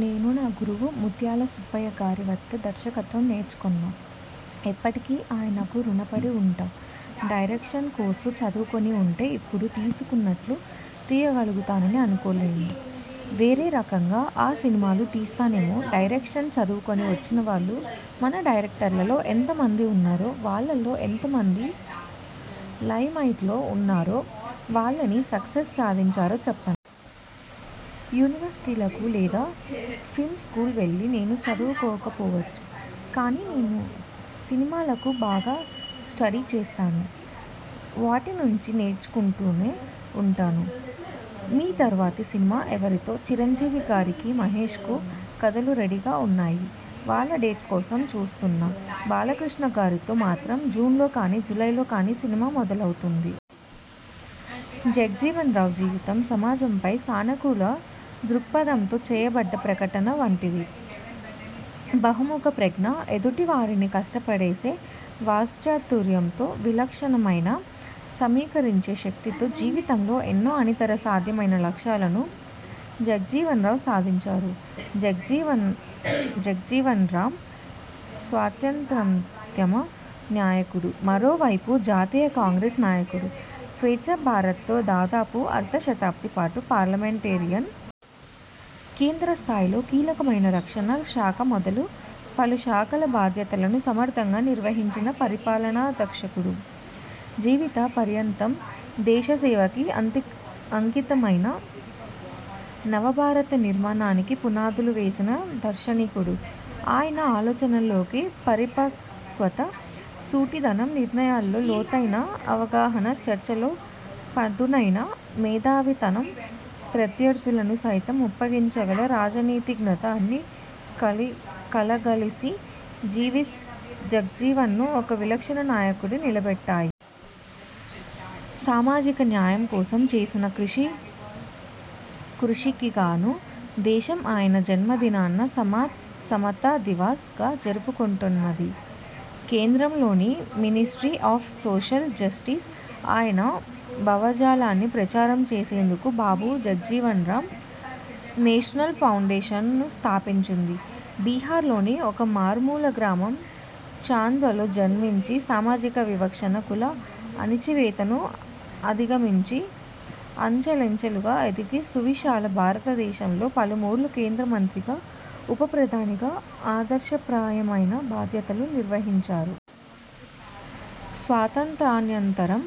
నేను నా గురువు ముత్యాల సుబ్బయ్యగారి వద్ద దర్శకత్వం నేర్చుకున్నా. ఎప్పటికీ ఆయనకు రుణపడి ఉంటా. డైరెక్షన్ కోర్సు చదువుకొని ఉంటే ఇప్పుడు తీసుకన్నట్లు తీయగలుగుతానని అనుకోను. వేరే రకంగా ఆ సినిమాలు తీస్తానేమో. డైరెక్షన్ చదువుకొని వచ్చినవాళ్లు మన డైరెక్టర్లలో ఎంతమంది ఉన్నారో, వాళ్లలో ఎంతమంది లైమ్లైట్లో ఉన్నారో, వాళ్లెన్ని సక్సెస్లు సాధించారో చెప్పండి! యూనివర్శిటీలకు లేదా ఫిల్మ్ స్కూల్ వెళ్లి నేను చదువుకోకపోవచ్చు. కానీ నేను సినిమాలను బాగా స్టడీ చేస్తాను. వాటి నుంచి నేర్చుకుంటూనే ఉంటాను. మీ తర్వాతి సినిమా ఎవరితో? చిరంజీవిగారికీ, మహేశ్కూ కథలు రెడీగా ఉన్నాయి. వాళ్ల డేట్స్ కోసం చూస్తున్నా. బాలకృష్ణగారితో మాత్రం జూన్లో కానీ, జూలైలో కానీ సినిమా మొదలవుతుంది. జగ్జీవన్రామ్ జీవితం సమాజంపై సానుకూల దృక్పథంతో చేయబడ్డ ప్రకటన వంటిది. బహుముఖ ప్రజ్ఞ, ఎదుటి వారిని కట్టిపడేసే వాక్చాతుర్యంతో, విలక్షణమైన సమీకరించే శక్తితో జీవితంలో ఎన్నో అనితర సాధ్యమైన లక్ష్యాలను జగ్జీవన్రామ్ సాధించారు. జగ్జీవన్రామ్ స్వాతంత్య్రోద్యమ నాయకుడు. మరోవైపు జాతీయ కాంగ్రెస్ నాయకుడు. స్వేచ్ఛా భారత్లో దాదాపు అర్ధ శతాబ్ది పాటు పార్లమెంటేరియన్. కేంద్ర స్థాయిలో కీలకమైన రక్షణ శాఖ మొదలు పలుశాఖల బాధ్యతలను సమర్థంగా నిర్వహించిన పరిపాలనాదక్షకుడు. జీవిత పర్యంతం దేశ సేవకీ అంకితమైన నవభారత నిర్మాణానికి పునాదులు వేసిన దార్శనికుడు. ఆయన ఆలోచనల్లోని పరిపక్వత, సూటిదనం, నిర్ణయాల్లో లోతైన అవగాహన, చర్చల్లో పదునైన మేధావితనం ప్రత్యర్థులను సైతం మెప్పించగల రాజనీతిజ్ఞత అన్నీ కలగలిసి జగ్జీవన్ను ఒక విలక్షణ నాయకుడిగా నిలబెట్టాయి. సామాజిక న్యాయం కోసం చేసిన కృషికిగాను దేశం ఆయన జన్మదినాన 'సమతా దివాస్' గా జరుపుకుంటున్నది. కేంద్రంలోని 'మినిస్ట్రీ ఆఫ్ సోషల్ జస్టిస్' ఆయన భావజాలాన్ని ప్రచారం చేసేందుకు 'బాబూ జగ్జీవన్రామ్ నేషనల్ ఫౌండేషన్'ను స్థాపించింది. బీహార్లోని ఒక మారుమూల గ్రామం 'ఛాంద్వ'లో జన్మించి సామాజిక వివక్షను, కుల అణచివేతను అధిగమించి అంచెలంచెలుగా ఎదిగి సువిశాల భారత దేశంలో పలుమార్లు కేంద్ర మంత్రిగా, ఉప ప్రధానిగా ఆదర్శప్రాయమైన బాధ్యతలు నిర్వహించారు. స్వాతంత్య్రానంతరం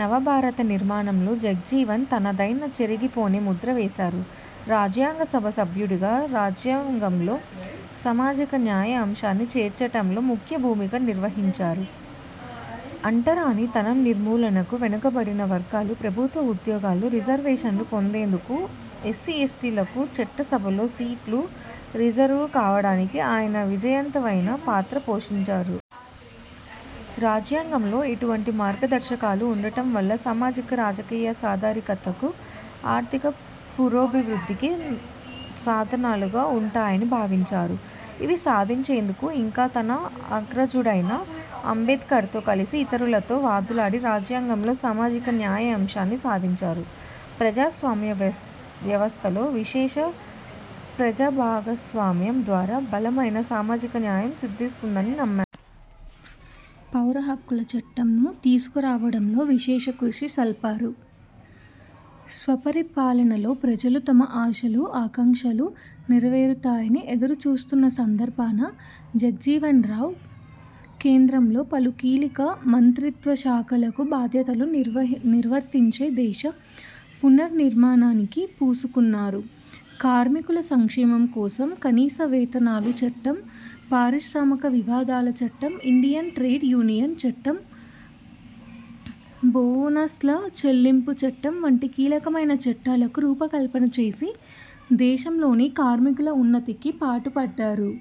నవభారత నిర్మాణంలో జగ్జీవన్ తనదైన చెరిగిపోని ముద్ర వేశారు. రాజ్యాంగ సభ సభ్యుడిగా రాజ్యాంగంలో సామాజిక న్యాయ అంశాన్ని చేర్చటంలో ముఖ్య భూమిక నిర్వహించారు. అంటరాని తనం నిర్మూలనకు, వెనుకబడిన వర్గాలు ప్రభుత్వ ఉద్యోగాల్లో రిజర్వేషన్లు పొందేందుకు ఎస్సీ ఎస్టీలకు చట్టసభల్లో సీట్లు రిజర్వు కావడానికి ఆయన విజయవంతమైన పాత్ర పోషించారు. రాజ్యాంగంలో ఇటువంటి మార్గదర్శకాలు ఉండటం వల్ల సామాజిక -రాజకీయ సాధికారితకు, ఆర్థిక పురోభివృద్ధికి సాధనాలుగా ఉంటాయని భావించారు. ఇవి సాధించేందుకు ఇంకా తన అగ్రజుడైన ఆంబేడ్కర్తో కలిసి ఇతరులతో వాదులాడి రాజ్యాంగంలో సామాజిక న్యాయ అంశాన్ని సాధించారు. ప్రజాస్వామ్య వ్యవస్థలో విశేష ప్రజాభాగస్వామ్యం ద్వారా బలమైన సామాజిక న్యాయం సిద్ధిస్తుందని నమ్మారు. పౌరహక్కుల చట్టం– ను తీసుకురావడంలో విశేష కృషి సల్పారు. స్వపరిపాలనలో ప్రజలు తమ ఆశలు, ఆకాంక్షలు నెరవేరుతాయని ఎదురుచూస్తున్న సందర్భాన జగ్జీవన్రావ్ కేంద్రంలో పలు కీలక మంత్రిత్వశాఖలకు బాధ్యతలు నిర్వర్తించి దేశ పునర్నిర్మాణానికి పూనుకున్నారు. కార్మికుల సంక్షేమం కోసం కనీస వేతనాల చట్టం, పారిశ్రామిక వివాదాల చట్టం, ఇండియన్ ట్రేడ్ యూనియన్ చట్టం, బోనస్ల చెల్లింపు చట్టం వంటి కీలకమైన చట్టాలకు రూపకల్పన చేసి దేశంలోని కార్మికుల ఉన్నతికి పాటుపడ్డారు.